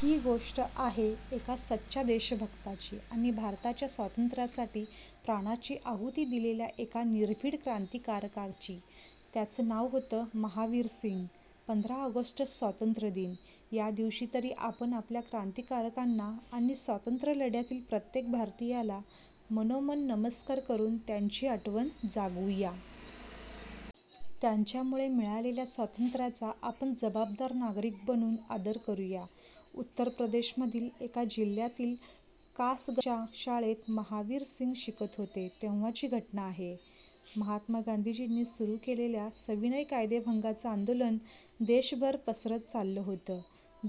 ही गोष्ट आहे एका सच्च्या देशभक्ताची आणि भारताच्या स्वातंत्र्यासाठी प्राणाची आहुती दिलेल्या एका निर्भीड क्रांतिकारकाची. त्याचं नाव होतं महावीरसिंग! पंधरा ऑगस्ट स्वातंत्र्यदिन. या दिवशी तरी आपण आपल्या क्रांतिकारकांना आणि स्वातंत्र्यलढ्यातील प्रत्येक भारतीयाला मनोमन नमस्कार करून त्यांची आठवण जागवूया. त्यांच्यामुळे मिळालेल्या स्वातंत्र्याचा आपण जबाबदार नागरिक बनून आदर करूया. उत्तर प्रदेशमधील एका जिल्ह्यातील कासगंजच्या शाळेत महावीरसिंग शिकत होते, तेव्हाची घटना आहे. महात्मा गांधीजींनी सुरू केलेल्या सविनय कायदेभंगाचं आंदोलन देशभर पसरत चाललं होतं.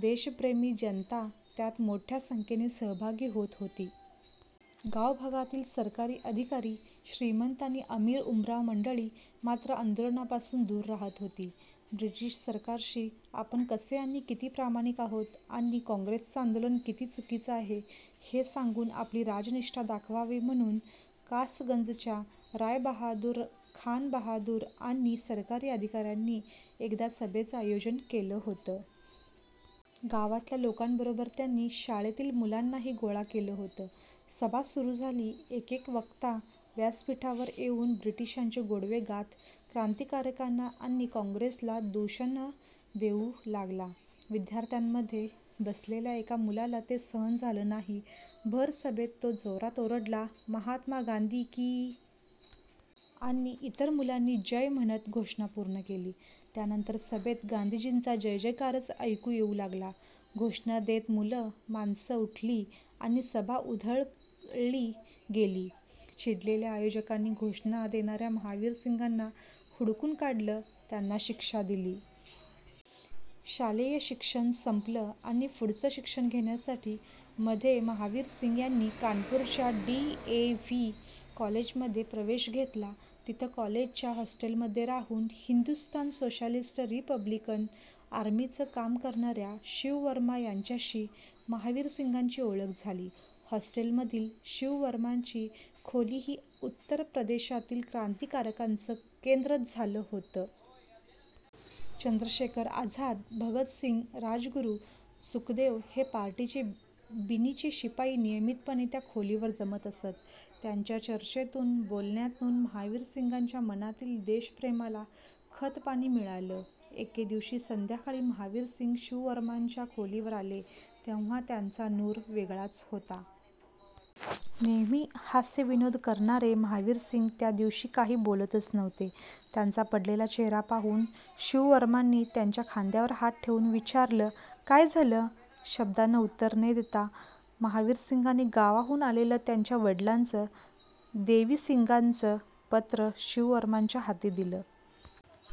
देशप्रेमी जनता त्यात मोठ्या संख्येने सहभागी होत होती. गावागावांतील सरकारी अधिकारी, श्रीमंत आणि अमीर-उमराव मंडळी मात्र आंदोलनापासून दूर राहत होती. ब्रिटिश सरकारशी आपण कसे आणि किती प्रामाणिक आहोत आणि काँग्रेसचं आंदोलन किती चुकीचं आहे हे सांगून आपली राजनिष्ठा दाखवावी, म्हणून कासगंजच्या रायबहादूर खानबहादूर आणि सरकारी अधिकाऱ्यांनी एकदा सभेचं आयोजन केलं होतं. गावातल्या लोकांबरोबर त्यांनी शाळेतील मुलांनाही गोळा केलं होतं. सभा सुरू झाली. एकेक वक्ता व्यासपीठावर येऊन ब्रिटिशांचे गोडवे गात क्रांतिकारकांना आणि काँग्रेसला दूषणं देऊ लागला. विद्यार्थ्यांमध्ये बसलेल्या एका मुलाला ते सहन झालं नाही. भर सभेत तो जोरात ओरडला, 'महात्मा गांधी की...' आणि इतर मुलांनी 'जय' म्हणत घोषणा पूर्ण केली. त्यानंतर सभेत गांधीजींचा जयजयकारच ऐकू येऊ लागला. घोषणा देत मुलं-माणसं उठली आणि सभा उधळली गेली. चिडलेल्या आयोजकांनी घोषणा देणाऱ्या महावीरसिंगांना हुडकून काढलं. त्यांना शिक्षा दिली. शालेय शिक्षण संपलं आणि पुढचं शिक्षण घेण्यासाठी मध्ये महावीरसिंग यांनी कानपूरच्या डी. ए. व्ही. कॉलेजमध्ये प्रवेश घेतला. तिथं कॉलेजच्या हॉस्टेलमध्ये राहून 'हिंदुस्थान सोशॅलिस्ट रिपब्लिकन आर्मी'चं काम करणाऱ्या शिववर्मा यांच्याशी महावीरसिंगांची ओळख झाली. हॉस्टेलमधील शिववर्मांची खोली ही उत्तर प्रदेशातील क्रांतिकारकांचं केंद्रच झालं होतं. चंद्रशेखर आझाद, भगतसिंग, राजगुरू, सुखदेव हे पार्टीचे बिनीचे शिपाई नियमितपणे त्या खोलीवर जमत असत. त्यांच्या चर्चेतून, बोलण्यातून महावीरसिंगांच्या मनातील देशप्रेमाला खतपाणी मिळालं. एके दिवशी संध्याकाळी महावीरसिंग शिववर्मांच्या खोलीवर आले तेव्हा त्यांचा नूर वेगळाच होता. नेहमी हास्यविनोद करणारे महावीरसिंग त्या दिवशी काही बोलतच नव्हते. त्यांचा पडलेला चेहरा पाहून शिववर्मांनी त्यांच्या खांद्यावर हात ठेवून विचारलं, 'काय झालं?' शब्दानं उत्तर न देता महावीरसिंगांनी गावाहून आलेलं त्यांच्या वडिलांचं- देवीसिंगांचं पत्र शिववर्मांच्या हाती दिलं.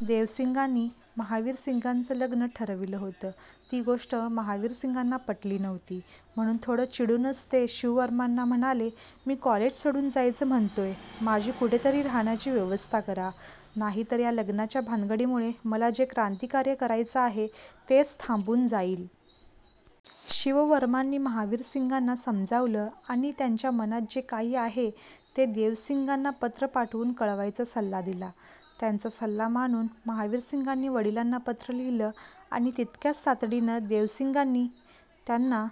देवीसिंगांनी महावीरसिंगांचं लग्न ठरविलं होतं, ती गोष्ट महावीरसिंगांना पटली नव्हती. म्हणून थोडं चिडूनच ते शिववर्मांना म्हणाले, 'मी कॉलेज सोडून जायचं म्हणतोय, माझी कुठे तरी राहण्याची व्यवस्था करा. नाहीतर या लग्नाच्या भानगडीमुळे मला जे क्रांतिकार्य करायचं आहे तेच थांबून जाईल.' शिववर्मांनी महावीरसिंगांना समजावलं आणि त्यांच्या मनात जे काही आहे ते देवीसिंगांना पत्र पाठवून कळवायचा सल्ला दिला. त्यांचा सल्ला मानून महावीरसिंगांनी वडिलांना पत्र लिहिलं आणि तितक्याच तातडीनं देवीसिंगांनी त्यांना